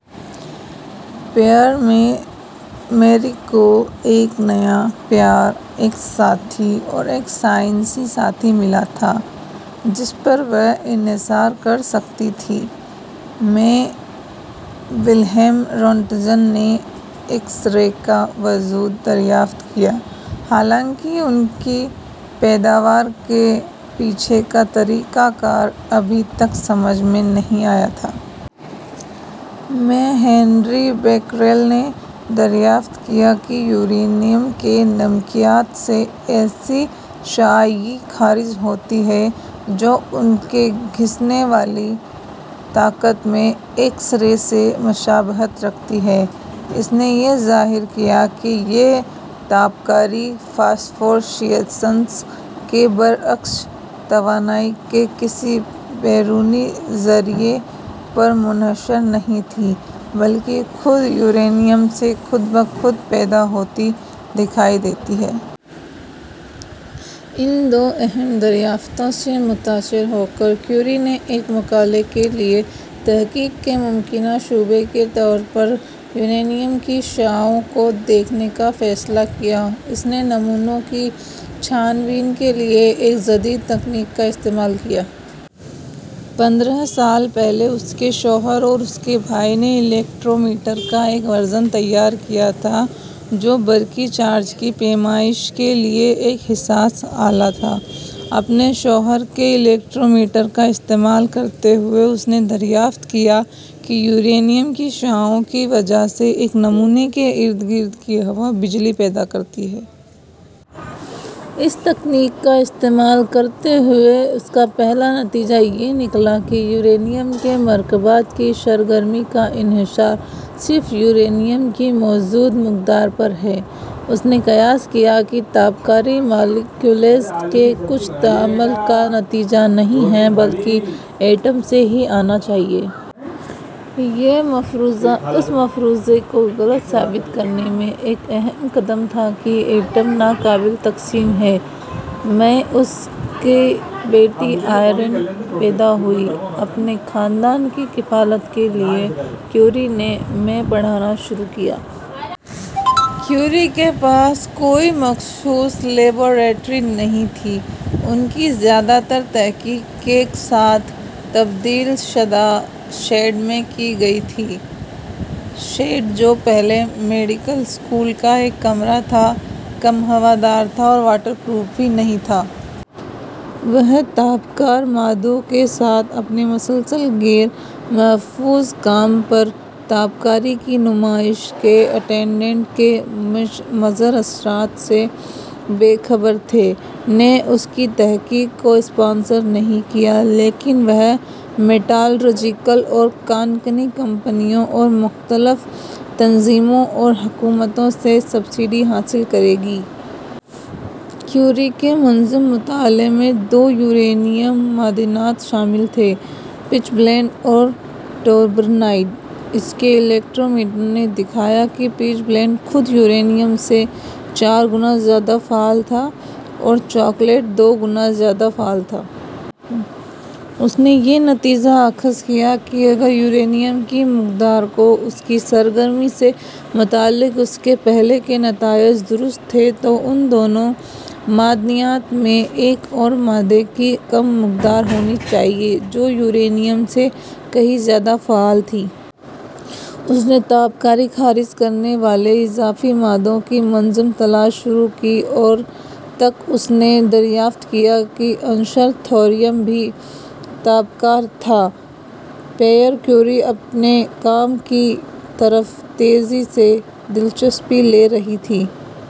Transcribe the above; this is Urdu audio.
پیئر میں، میری کو ایک نیا پیار، ایک ساتھی اور ایک سائنسی ساتھی ملا تھا جس پر وہ انحصار کر سکتی تھی۔ میں، ولہیم رونٹجن نے ایکس رے کا وجود دریافت کیا، حالانکہ ان کی پیداوار کے پیچھے کا طریقہ کار ابھی تک سمجھ میں نہیں آیا تھا۔ میں، ہنری بیکریل نے دریافت کیا کہ یورینیم کے نمکیات سے ایسی شعاعیں خارج ہوتی ہیں جو ان کی گھسنے والی طاقت میں ایکس رے سے مشابہت رکھتی ہیں۔ اس نے یہ ظاہر کیا کہ یہ تابکاری، فاسفورسیسنس کے برعکس، توانائی کے کسی بیرونی ذریعہ پر منحصر نہیں تھی بلکہ خود یورینیم سے خود بخود پیدا ہوتی دکھائی دیتی ہے۔ ان دو اہم دریافتوں سے متاثر ہو کر، کیوری نے ایک مقالہ کے لیے تحقیق کے ممکنہ شعبے کے طور پر یورینیم کی شعاعوں کو دیکھنے کا فیصلہ کیا۔ اس نے نمونوں کی چھان بین کے لیے ایک جدید تکنیک کا استعمال کیا۔ پندرہ سال پہلے، اس کے شوہر اور اس کے بھائی نے الیکٹرومیٹر کا ایک ورژن تیار کیا تھا، جو برقی چارج کی پیمائش کے لیے ایک حساس آلہ تھا۔ اپنے شوہر کے الیکٹرومیٹر کا استعمال کرتے ہوئے، اس نے دریافت کیا کہ یورینیم کی شعاعوں کی وجہ سے ایک نمونے کے ارد گرد کی ہوا بجلی پیدا کرتی ہے۔ اس تکنیک کا استعمال کرتے ہوئے، اس کا پہلا نتیجہ یہ نکلا کہ یورینیم کے مرکبات کی سرگرمی کا انحصار صرف یورینیم کی موجود مقدار پر ہے۔ اس نے قیاس کیا کہ تابکاری مالیکیولز کے کچھ تعامل کا نتیجہ نہیں ہے بلکہ ایٹم سے ہی آنا چاہیے۔ یہ مفروضہ اس مفروضے کو غلط ثابت کرنے میں ایک اہم قدم تھا کہ ایٹم ناقابل تقسیم ہیں۔ میں، اس کی بیٹی آئرین پیدا ہوئی. اپنے خاندان کی کفالت کے لیے، کیوری نے میں پڑھانا شروع کیا۔ کیوری کے پاس کوئی مخصوص لیبارٹری نہیں تھی۔ ان کی زیادہ تر تحقیق کے ساتھ تبدیل شدہ شیڈ میں کی گئی تھی۔ شیڈ، جو پہلے میڈیکل اسکول کا ایک کمرہ تھا، کم ہوادار تھا اور واٹر پروف بھی نہیں تھا۔ وہ تابکار مادوں کے ساتھ اپنے مسلسل غیر محفوظ کام پر تابکاری کی نمائش کے اٹینڈنٹ کے مضر اثرات سے بے خبر تھے۔ نے اس کی تحقیق کو سپانسر نہیں کیا، لیکن وہ میٹالرجیکل اور کان کنی کمپنیوں اور مختلف تنظیموں اور حکومتوں سے سبسڈی حاصل کرے گی۔ کیوری کے منظم مطالعہ میں دو یورینیم معدنیات شامل تھے، پچ بلینڈ اور ٹوربرنائٹ۔ اس کے الیکٹرومیٹر نے دکھایا کہ پچ بلینڈ خود یورینیم سے چار گنا زیادہ فعال تھا اور چاکلیٹ دو گنا زیادہ فعال تھا۔ اس نے یہ نتیجہ اخذ کیا کہ اگر یورینیم کی مقدار کو اس کی سرگرمی سے متعلق اس کے پہلے کے نتائج درست تھے، تو ان دونوں معدنیات میں ایک اور مادے کی کم مقدار ہونی چاہیے جو یورینیم سے کہیں زیادہ فعال تھی۔ اس نے تابکاری خارج کرنے والے اضافی مادوں کی منظم تلاش شروع کی اور تک اس نے دریافت کیا کہ عنصر تھوریم بھی تابکار تھا۔ پیئر کیوری اپنے کام کی طرف تیزی سے دلچسپی لے رہی تھی۔